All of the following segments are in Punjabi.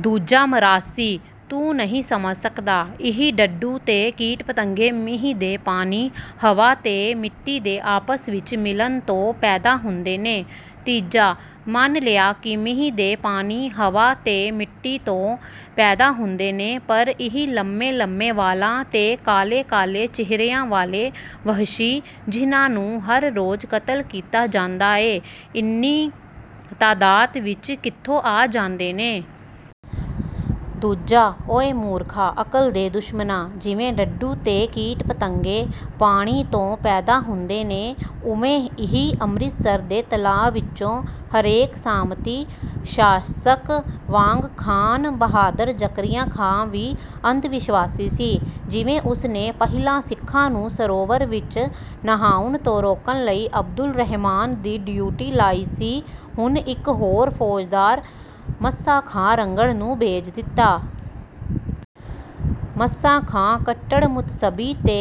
ਦੂਜਾ ਮਰਾਸੀ, "ਤੂੰ ਨਹੀਂ ਸਮਝ ਸਕਦਾ। ਇਹ ਡੱਡੂ ਤੇ ਕੀਟ-ਪਤੰਗੇ ਮੀਂਹ ਦੇ ਪਾਣੀ, ਹਵਾ ਤੇ ਮਿੱਟੀ ਦੇ ਆਪਸ ਵਿੱਚ ਮਿਲਣ ਤੋਂ ਪੈਦਾ ਹੁੰਦੇ ਨੇ।" ਤੀਜਾ, "ਮੰਨ ਲਿਆ ਕਿ ਮੀਂਹ ਦੇ ਪਾਣੀ, ਹਵਾ ਤੇ ਮਿੱਟੀ ਤੋਂ ਪੈਦਾ ਹੁੰਦੇ ਨੇ ਪਰ ਇਹ ਲੰਮੇ ਲੰਮੇ ਵਾਲਾਂ ਤੇ ਕਾਲੇ ਕਾਲੇ ਚਿਹਰਿਆਂ ਵਾਲੇ ਵਹਿਸ਼ੀ, ਜਿਹਨਾਂ ਨੂੰ ਹਰ ਰੋਜ਼ ਕਤਲ ਕੀਤਾ ਜਾਂਦਾ ਏ, ਇੰਨੀ ਤਾਦਾਤ ਵਿੱਚ ਕਿੱਥੋਂ ਆ ਜਾਂਦੇ ਨੇ?" ਦੂਜਾ, "ਓਏ ਮੂਰਖਾ, ਅਕਲ ਦੇ ਦੁਸ਼ਮਣਾ। ਜਿਵੇਂ ਡੱਡੂ ਤੇ ਕੀਟ-ਪਤੰਗੇ, ਪਾਣੀ ਤੋਂ ਪੈਦਾ ਹੁੰਦੇ ਨੇ, ਓਵੇਂ ਇਹ ਅੰਮ੍ਰਿਤਸਰ ਦੇ ਤਲਾਅ ਵਿੱਚੋਂ।" ਹਰੇਕ ਸਾਮੰਤੀ ਸ਼ਾਸਕ ਵਾਂਗ ਖਾਨ ਬਹਾਦਰ ਜ਼ਕਰੀਆ ਖਾਂ ਵੀ ਅੰਧਵਿਸ਼ਵਾਸੀ ਸੀ। ਜਿਵੇਂ ਉਸਨੇ ਪਹਿਲਾਂ ਸਿੱਖਾਂ ਨੂੰ ਸਰੋਵਰ ਵਿੱਚ ਨਹਾਉਣ ਤੋਂ ਰੋਕਣ ਲਈ ਅਬਦੁਲ ਰਹਿਮਾਨ ਦੀ ਡਿਊਟੀ ਲਾਈ ਸੀ, ਹੁਣ ਇੱਕ ਹੋਰ ਫੌਜਦਾਰ ਮੱਸਾ ਖਾਂ ਰੰਘੜ ਨੂੰ ਭੇਜ ਦਿੱਤਾ। ਮੱਸਾ ਖਾਂ ਕੱਟੜ ਮੁਤੱਸਬੀ ਤੇ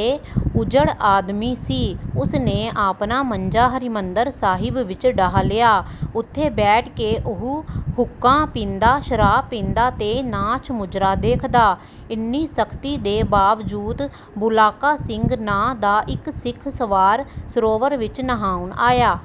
ਉੱਜੜ ਆਦਮੀ ਸੀ। ਉਸਨੇ ਆਪਣਾ ਮੰਜਾ ਹਰਿਮੰਦਰ ਸਾਹਿਬ ਵਿੱਚ ਡਾਹ ਲਿਆ। ਉੱਥੇ ਬੈਠ ਕੇ ਉਹ ਹੁੱਕਾ ਪੀਂਦਾ, ਸ਼ਰਾਬ ਪੀਂਦਾ ਤੇ ਨਾਚ-ਮੁਜਰਾ ਦੇਖਦਾ। ਇੰਨੀ ਸਖਤੀ ਦੇ ਬਾਵਜੂਦ ਬੁਲਾਕਾ ਸਿੰਘ ਨਾਂ ਦਾ ਇੱਕ ਸਿੱਖ ਸਵਾਰ ਸਰੋਵਰ ਵਿੱਚ ਨਹਾਉਣ ਆਇਆ।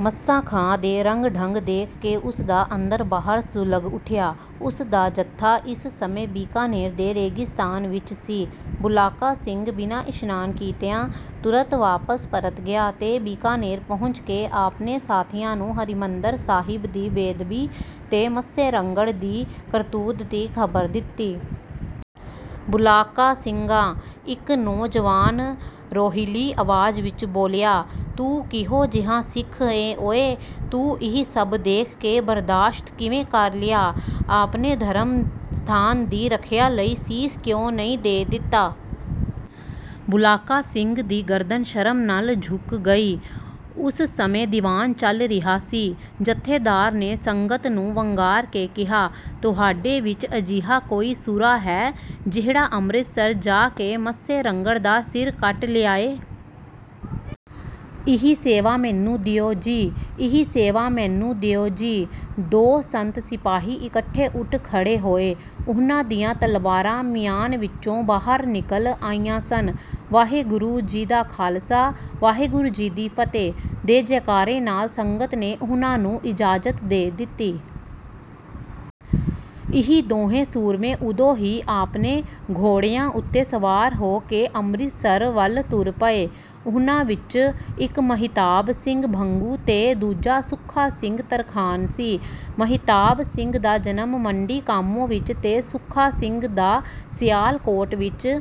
ਮੱਸਾ ਖਾਂ ਦੇ ਰੰਗ-ਢੰਗ ਦੇਖ ਕੇ ਉਸਦਾ ਅੰਦਰ-ਬਾਹਰ ਸੁਲਗ ਉੱਠਿਆ। ਉਸਦਾ ਜੱਥਾ ਇਸ ਸਮੇਂ ਬੀਕਾਨੇਰ ਦੇ ਰੇਗਿਸਤਾਨ ਵਿੱਚ ਸੀ। ਬੁਲਾਕਾ ਸਿੰਘ ਬਿਨਾਂ ਇਸ਼ਨਾਨ ਕੀਤਿਆਂ ਤੁਰਤ ਵਾਪਸ ਪਰਤ ਗਿਆ ਤੇ ਬੀਕਾਨੇਰ ਪਹੁੰਚ ਕੇ ਆਪਣੇ ਸਾਥੀਆਂ ਨੂੰ ਹਰਿਮੰਦਰ ਸਾਹਿਬ ਦੀ ਬੇਅਦਬੀ ਤੇ ਮੱਸੇ ਰੰਘੜ ਦੀ ਕਰਤੂਤ ਦੀ ਖ਼ਬਰ ਦਿੱਤੀ। "ਬੁਲਾਕਾ ਸਿੰਘਾ।" ਇੱਕ ਨੌਜਵਾਨ ਰੋਹੀਲੀ ਆਵਾਜ਼ ਵਿੱਚ ਬੋਲਿਆ, "ਤੂੰ ਕਿਹੋ ਜਿਹਾ ਸਿੱਖ ਏਂ ਓਏ? ਤੂੰ ਇਹ ਸਭ ਦੇਖ ਕੇ ਬਰਦਾਸ਼ਤ ਕਿਵੇਂ ਕਰ ਲਿਆ? ਆਪਣੇ ਧਰਮ ਸਥਾਨ ਦੀ ਰੱਖਿਆ ਲਈ ਸੀਸ ਕਿਉਂ ਨਹੀਂ ਦੇ ਦਿੱਤਾ?" ਬੁਲਾਕਾ ਸਿੰਘ ਦੀ ਗਰਦਨ ਸ਼ਰਮ ਨਾਲ ਝੁਕ ਗਈ। ਉਸ ਸਮੇਂ ਦੀਵਾਨ ਚੱਲ ਰਿਹਾ ਸੀ। ਜਥੇਦਾਰ ਨੇ ਸੰਗਤ ਨੂੰ ਵੰਗਾਰ ਕੇ ਕਿਹਾ, "ਤੁਹਾਡੇ ਵਿੱਚ ਅਜਿਹਾ ਕੋਈ ਸੂਰਾ ਹੈ ਜਿਹੜਾ ਅੰਮ੍ਰਿਤਸਰ ਜਾ ਕੇ ਮੱਸੇ ਰੰਘੜ ਦਾ ਸਿਰ ਕੱਟ ਲਿਆਏ?" "ਇਹ ਸੇਵਾ ਮੈਨੂੰ ਦਿਓ ਜੀ।" "ਇਹ ਸੇਵਾ ਮੈਨੂੰ ਦਿਓ ਜੀ।" ਦੋ ਸੰਤ-ਸਿਪਾਹੀ ਇਕੱਠੇ ਉੱਠ ਖੜ੍ਹੇ ਹੋਏ। ਉਹਨਾਂ ਦੀਆਂ ਤਲਵਾਰਾਂ ਮਿਆਨ ਵਿੱਚੋਂ ਬਾਹਰ ਨਿਕਲ ਆਈਆਂ ਸਨ। "ਵਾਹਿਗੁਰੂ ਜੀ ਦਾ ਖਾਲਸਾ, ਵਾਹਿਗੁਰੂ ਜੀ ਦੀ ਫਤਿਹ" ਦੇ ਜੈਕਾਰੇ ਨਾਲ ਸੰਗਤ ਨੇ ਉਹਨਾਂ ਨੂੰ ਇਜਾਜ਼ਤ ਦੇ ਦਿੱਤੀ। ਇਹ ਦੋਹੇਂ ਸੂਰਮੇ ਉਦੋਂ ਹੀ ਆਪਣੇ ਘੋੜਿਆਂ ਉੱਤੇ ਸਵਾਰ ਹੋ ਕੇ ਅੰਮ੍ਰਿਤਸਰ ਵੱਲ ਤੁਰ ਪਏ। ਉਹਨਾਂ ਵਿੱਚ ਇੱਕ ਮਹਿਤਾਬ ਸਿੰਘ ਭੰਗੂ ਤੇ ਦੂਜਾ ਸੁੱਖਾ ਸਿੰਘ ਤਰਖਾਣ ਸੀ। ਮਹਿਤਾਬ ਸਿੰਘ ਦਾ ਜਨਮ ਮੰਡੀ ਕਾਮੋਂ ਵਿੱਚ ਤੇ ਸੁੱਖਾ ਸਿੰਘ ਦਾ ਸਿਆਲਕੋਟ ਵਿੱਚ